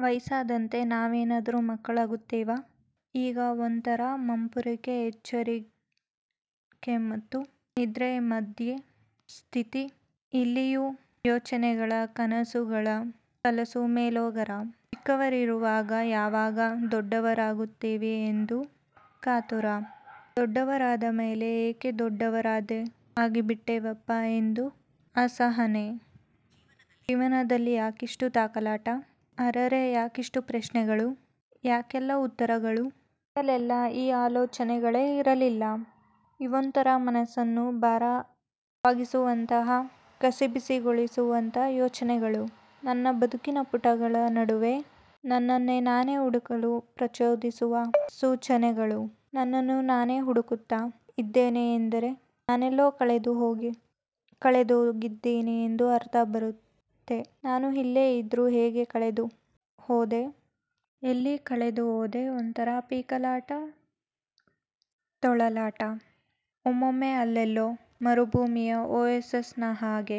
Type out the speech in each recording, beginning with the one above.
" ವಯಸ್ಸಾದಂತೆ ನಾವೇನಾದರೂ ಮಕ್ಕಳಾಗ್ತೀವ? ಈಗ ಒಂಥರಾ ಮಂಪರುಎಚ್ಚರದ ಮತ್ತು ನಿದ್ರೆಯ ಮಧ್ಯ ಸ್ಥಿತಿ. ಇಲ್ಲಿಯೂ ಯೋಚನೆಗಳ, ಕನಸುಗಳ ಕಲಸುಮೇಲೋಗರ. ಚಿಕ್ಕವರಿರುವಾಗ ಯಾವಾಗ ದೊಡ್ದವರಾಗ್ತೀವೋ ಅನ್ನೋ ಕಾತುರ. ದೊಡ್ಡವರಾದ ಮೇಲೆ ಯಾಕೆ ದೊಡ್ಡವರಾಗಿಬಿಟ್ಟೆವಪ್ಪ ಅನ್ನೋ ಅಸಹನೆ. ಜೀವನದಲ್ಲಿ ಯಾಕಿಷ್ಟು ತಾಕಲಾಟ? ಅರೆರೆ ಯಾಕಿಷ್ಟು ಪ್ರಶ್ನೆಗಳು? ಯಾಕಿಲ್ಲ ಉತ್ತರಗಳು? ಮೊದಲೆಲ್ಲ ಈ ಆಲೋಚನೆಗಳೇ ಇರಲಿಲ್ಲ. ಇವೊಂತರ ಮನಸ್ಸನ್ನು ಭಾರವಾಗಿಸುವಂತಹ, ಕಸಿವಿಸಿಗೊಲೋಸುವಂತಹ ಯೋಚನೆಗಳು. ನನ್ನ ಬದುಕಿನ ಪುಟಗಳ ನಡುವೆ ನನ್ನನ್ನು ನಾನೇ ಹುಡುಕಲು ಪ್ರಚೋದಿಸುವ ಯೋಚನೆಗಳು. ನನ್ನನು ನಾನೇ ಹುಡುಕುತ್ತ ಇದ್ದೆನಿ ಅಂದ್ರೆ ನಾನೆಲ್ಲೋ ಕಳೆದುಹೊಗಿದ್ದೀನಿ ಅನ್ನೋ ಅರ್ಥ ಬರುತ್ತೆ. ನಾನು ಇಲ್ಲೇ ಇದ್ರೂ ಹೇಗೆ ಕಳೆದುಹೋದೆ? ಎಲ್ಲಿ ಕಳೆದುಹೋದೆ? ಒಂಥರಾ ಪೀಕಲಾಟ, ತೊಳಲಾಟ. ಒಮ್ಮೊಮ್ಮೆ ಅಲ್ಲೆಲ್ಲೋ ಮರುಭೂಮಿಯಲ್ಲಿನ ಓಯಸಿಸ್ ನ ಹಾಗೆ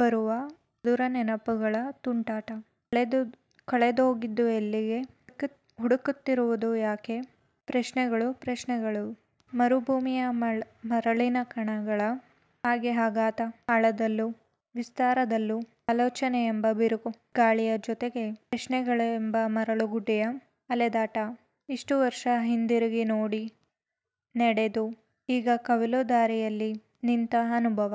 ಬರುವ ಮಧುರ ನೆನಪುಗಳ ತುಂಟಾಟ. ಕಳೆದುಹೊದದ್ದೆಲ್ಲಿಗೆ, ಹುಡುಕುತ್ತಿರೋದು ಯಾಕೆ? ಪ್ರಶ್ನೆಗಳೋ ಪ್ರಶ್ನೆಗಳು. ಮರುಭೂಮಿಯ ಮರಳಿನ ಕಣಗಳ ಹಾಗೆಅಗಾಧ ಅಳದಲ್ಲೂ, ವಿಸ್ತಾರದಲ್ಲೂ. ಆಲೋಚನೆಯೆಂಬ ಬಿರುಗಾಳಿಯ ಜೊತೆಗೆ ಪ್ರಶ್ನೆಗಳೆಂಬ ಮರಳುಗುಡ್ಡೆಗಳ ಅಲೆದಾಟ. ಇಷ್ಟು ವರ್ಷ ಹಿಂದಿರುಗಿ ನೋಡದೆ ನಡೆದು ಈಗ ಕವಲುದಾರಿಯಲ್ಲಿ ನಿಂತ ಅನುಭವ.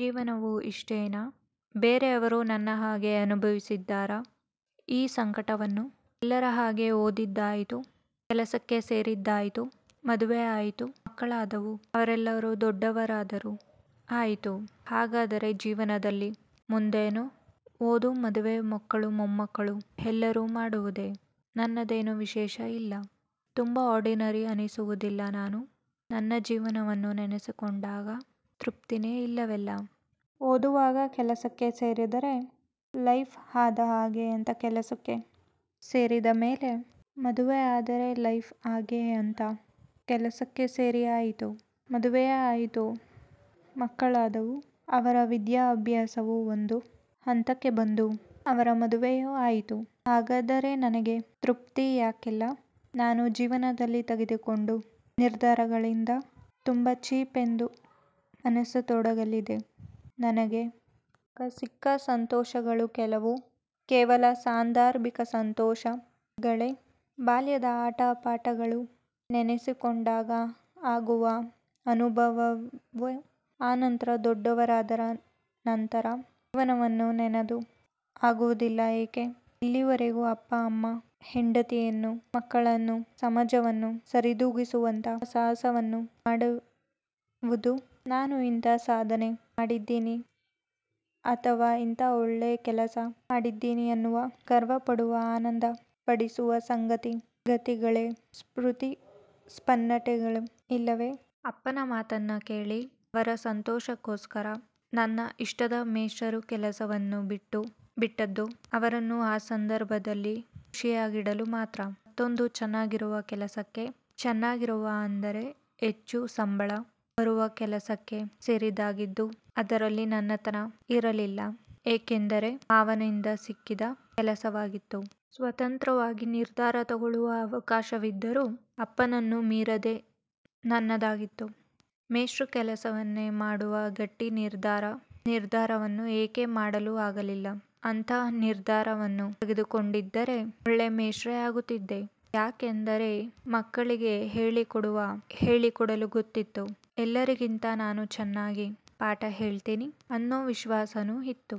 ಜೀವನ ಇಷ್ಟೇನಾ? ಬೇರೆಯವರು ನನ್ನ ಹಾಗೆ ಅನುಭವಿಸಿದ್ದಾರ ಈ ಸಂಕಟವನ್ನು? ಎಲ್ಲರ ಹಾಗೆ ಓದಿದ್ದಾಯಿತು, ಕೆಲಸಕ್ಕೆ ಸೇರಿದ್ದಾಯಿತು, ಮದುವೆಯಾಯಿತು, ಮಕ್ಕಳಾದವುಅವರೆಲ್ಲ ದೊಡ್ದವರಾಗಿಯು ಆಯ್ತು. ಹಾಗಾದರೆ ಜೀವನದಲ್ಲಿ ಮುಂದೇನು? ಓದುಮದುವೆಮಕ್ಕಳುಮೊಮ್ಮಕ್ಕಳುಉಹುಂಎಲ್ಲರು ಮಾಡೋದೇ. ನನ್ನದೇನು ವಿಶೇಷ ಇಲ್ಲ. ತುಂಬ ಆರ್ಡಿನರಿ ಅನಿಸೋದಿಲ್ವಾ ನಾನು? ನನ್ನ ಜೀವನವನ್ನ ನೆನಸಿಕೊಂಡಾಗ ತ್ರುಪ್ತಿನೆ ಇಲ್ಲವಲ್ಲ! ಓದುವಾಗ ಕೆಲಸಕ್ಕೆ ಸೇರಿದರೆ ಲೈಫ್ ಆದ ಹಾಗೆ ಅಂತ ಕೆಲಸಕ್ಕೆ ಸೇರಿದ ಮೇಲೆ ಮದುವೆಯಾದರೆ ಲೈಫ್ ಆದ ಹಾಗೆ ಅಂತ. ಕೆಲಸಕ್ಕೆ ಸೇರಿಯಾಯಿತು, ಮದುವೆಯು ಆಯಿತು, ಮಕ್ಕಳಾದವು, ಅವರ ವಿದ್ಯಾಭ್ಯಾಸವು ಒಂದು ಹಂತಕ್ಕೆ ಬಂದು ಅವರ ಮದುವೆಯು ಆಯಿತು. ಹಾಗಾದರೆ ನನಗೆ ತೃಪ್ತಿ ಯಾಕಿಲ್ಲ? ನಾನು ಜೀವನದಲ್ಲಿ ತೆಗೆದುಕೊಂಡ ನಿರ್ಧಾರಗಳೆಲ್ಲ ತುಂಬ ಚೀಪ್ ಅಂತ ಯಾಕೆ ಅನಿಸತೊಡಗಿದೆ ನನಗೆ? ಆಗ ಸಿಕ್ಕ ಸಂತೋಷಗಳೆಲ್ಲ ಕೇವಲ ಸಾಂಧರ್ಭಿಕ ಸಂತೋಷಗಳೇ? ಬಾಲ್ಯದ ಆಟ ಪಾಠಗಳನ್ನು ನೆನೆಸಿಕೊಂಡಾಗ ಆಗುವ ಆನಂದದೊಡ್ಡವರಾದ ನಂತರ ಜೀವನವನ್ನು ನೆನೆದಾಗ ಆಗೋದಿಲ್ಲ ಯಾಕೆ? ಇಲ್ಲಿಯವರೆಗೂ ಅಪ್ಪ ಅಮ್ಮನನ್ನ, ಹೆಂಡತಿಯನ್ನ, ಮಕ್ಕಳನ್ನ, ಸಮಾಜವನ್ನ ಸರಿದೂಗಿಸುವಂತಹ ಸಾಹಸವನ್ನಲ್ಲವೇ ಮಾಡಿರಿವುದು? ನಾನು ಇಂತಹ ಸಾಧನೆ ಮಾಡಿದೀನಿ ಅಥವಾ ಇಂತಹ ಒಳ್ಳೆ ಕೆಲಸ ಮಾಡಿದ್ದೀನಿ ಅನ್ನುವ, ಗರ್ವಪಡುವ, ಆನಂದಿಸುವ ಸಂಗತಿಗಳೇ ನನ್ನ ಸ್ಮೃತಿಪಟಲಕ್ಕೆ ಬರ್ತಾ ಇಲ್ವೆ? ಅಪ್ಪನ ಮಾತನ್ನ ಕೇಳಿ ಅವರ ಸಂತೋಷಕ್ಕೋಸ್ಕರ ನನ್ನ ಇಷ್ಟದ ಮೇಷ್ಟ್ರ ಕೆಲಸವನ್ನ ಬಿಟ್ಟದ್ದು ಅವರನ್ನು ಆ ಸಂಧರ್ಭದಲ್ಲಿ ಖುಷಿಯಾಗಿಡಲು ಮಾತ್ರ. ಮತ್ತೊಂದು ಚೆನ್ನಾಗಿರುವ ಕೆಲಸಕ್ಕೆಚೆನ್ನಾಗಿರುವ ಅಂದ್ರೆ ಹೆಚ್ಚು ಸಂಬಳ ಬರುವ ಕೆಲಸಕ್ಕೆ ಸೇರಿದ್ದಾಗಿದ್ದ್ರು ಅದರಲ್ಲಿ ನನ್ನತನ ಇರಲಿಲ್ಲ. ಏಕೆಂದರೆ ಅದು ಮಾವನ ನಿಂದ ಸಿಕ್ಕಿದ ಕೆಲಸವಾಗಿತ್ತು. ಸ್ವತಂತ್ರವಾಗಿ ನಿರ್ಧಾರವನ್ನು ತೆಗೆದುಕೊಳ್ಳುವ ಅವಕಾಶವಿದ್ದರೂ ಅಪ್ಪನನ್ನು ಮೀರದೆ ನಡೆದು ಬಂದದ್ದಾಗಿತ್ತು. ಮೇಷ್ಟ್ರ ಕೆಲಸವನ್ನೇ ಮಾಡುವಂತಹ ಗಟ್ಟಿ ನಿರ್ಧಾರವನ್ನು ಏಕೆ ಮಾಡಲಾಗಲಿಲ್ಲ? ಅಂತಹ ನಿರ್ಧಾರವನ್ನು ತೆಗೆದುಕೊಂಡಿದ್ದಾರೆ ಒಳ್ಳೆ ಮೇಷ್ಟ್ರೇ ಆಗ್ತಿದ್ದೆ. ಯಾಕೆಂದರೆ ನನಗೆ ಮಕ್ಕಳಿಗೆ ಹೇಳಿಕೊಡೋದು ಗೊತ್ತಿತ್ತು. ಎಲ್ಲರಿಗಿಂತ ನಾನು ಚೆನ್ನಾಗಿ ಪಾಠ ಹೇಳ್ತೀನಿ ಅನ್ನೋ ವಿಶ್ವಾಸಾನು ಇತ್ತು.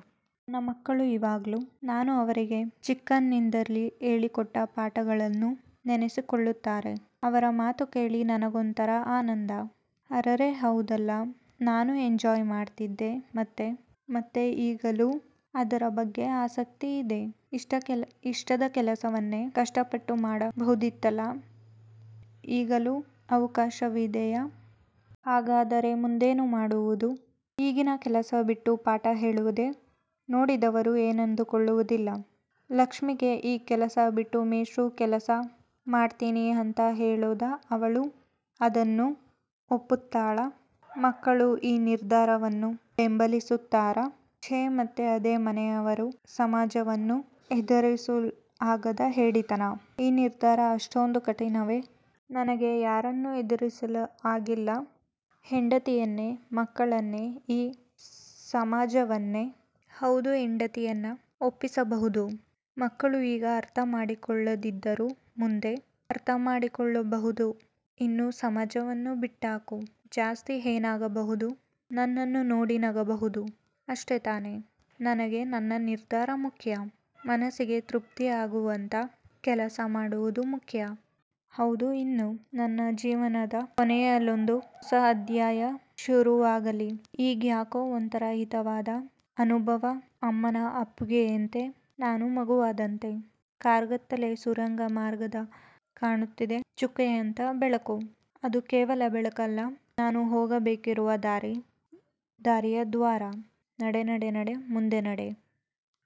ನನ್ನ ಮಕ್ಕಳು ಈವಾಗ್ಲು ನಾನು ಅವರಿಗೆ ಚಿಕ್ಕಂದಿನಲ್ಲಿ ಹೇಳಿಕೊಟ್ಟ ಪಾಠಗಳನ್ನ ನೆನೆಸಿಕೊಳ್ತಾರೆ. ಅವರ ಮಾತು ಕೇಳಿ ನನಗೊಂತರ ಆನಂದ. ಅರೆರೆ ಹೌದಲ್ಲ ನಾನು ನ ಎಂಜಾಯ್ ಮಾಡ್ತಿದ್ದೆ ಮತ್ತೆ.. ಮತ್ತೆ ಈಗಲೂ ಅದರ ಬಗ್ಗೆ ಆಸಕ್ತಿ ಇದೆ. ಇಷ್ಟದ ಕೆಲಸವನ್ನೇ ಕಷ್ಟಪಟ್ಟು ಮಾಡಬಹುದಿತ್ತಲ್ವ? ಈಗಲೂ ಅದಕ್ಕೆ ಅವಕಾಶಗಳಿವೆಯಾ? ಹಾಗಾದರೆ ಮುಂದೇನು ಮಾಡಬಹುದು? ಈಗಿನ ಕೆಲಸ ಬಿಟ್ಟು ಪಾಠ ಹೇಳೋದೇ? ನೋಡಿದವರು ಏನೆಂದುಕೊಳ್ಳೋದಿಲ್ಲ. ಲಕ್ಷ್ಮಿಗೆ ಈ ಕೆಲಸ ಬಿಟ್ಟು ಮೇಷ್ಟ್ರ ಕೆಲಸ ಮಾಡ್ತೀನಿ ಅಂತ ಹೇಳೋದ? ಅವಳು ಅದನ್ನು ಒಪ್ಕೊತಾಳ? ಮಕ್ಕಳು ಈ ನಿರ್ಧಾರವನ್ನು ಬೆಂಬಲಿಸುತ್ತಾರ? ಛೆ ಮತ್ತದೇ ಮನೆಯವರನ್ನು, ಸಮಾಜವನ್ನು ಎದುರಿಸಲಾಗದ ಹೇಡಿತನ. ಈ ನಿರ್ಧಾರ ಅಷ್ಟೊಂದು ಕಠಿಣವೇ? ನನಗೆ ಯಾರನ್ನ ಎದುರಿಸಲಿಕ್ಕೆ ಆಗ್ತ ಇಲ್ಲ? ಹೆಂಡತಿಯನ್ನೇ? ಮಕ್ಕಳನ್ನೇ? ಈ ಸಮಾಜವನ್ನೇ? ಹೌದು ಹೆಂಡತಿಯನ್ನ ಒಪ್ಪಿಸಬಹುದು. ಮಕ್ಕಳು ಈಗ ಅರ್ಥ ಮಾಡಿಕೊಳ್ಳದಿದ್ದರೂ ಮುಂದೆ ಮಾಡಿಕೊಳ್ಳಬಹುದೇನೋ. ಇನ್ನು ಸಮಾಜಅದನ್ನ ಬಿಟ್ಹಾಕು. ಜಾಸ್ತಿ ಏನಾಗಬಹುದು? ನನ್ನನ್ನು ನೋಡಿ ನಗಬಹುದು. ಅಷ್ಟೆತಾನೆ. ನನಗೆ ನನ್ನ ನಿರ್ಧಾರ ಮುಖ್ಯ. ಮನಸ್ಸಿಗೆ ತ್ರುಪ್ತಿಯಗುವಂತ ಕೆಲಸ ಮಾಡೋದು ಮುಖ್ಯ. ಹೌದು ಇನ್ನು. ನನ್ನ ಜೀವನದ ಕೊನೆಯಲ್ಲೊಂದು ಹೊಸ ಅಧ್ಯಾಯ ಶುರುವಾಗಲಿ. ಈಗ್ಯಾಕೋ ಒಂಥರಾ ಹಿತವಾದ ಅನುಭವ ಅಮ್ಮನ ಅಪ್ಪುಗೆಯಂತೆ ನಾನು ಮಗುವಾದಂತೆ. ಕಾರ್ಗತ್ತಲೆಯ ಸುರಂಗದ ಮಧ್ಯದಿಂದ ಕಾಣುತ್ತಿದೆ ಚುಕ್ಕೆಯಂತಹ ಬೆಳಕು. ಅದು ಕೇವಲ ಬೆಳಕಲ್ಲ ನಾನು ಹೋಗಬೇಕಿರುವ ದಾರಿಯ ದ್ವಾರ. ನಡೆನಡೆನಡೆ ಮುಂದೆ ನಡೆ.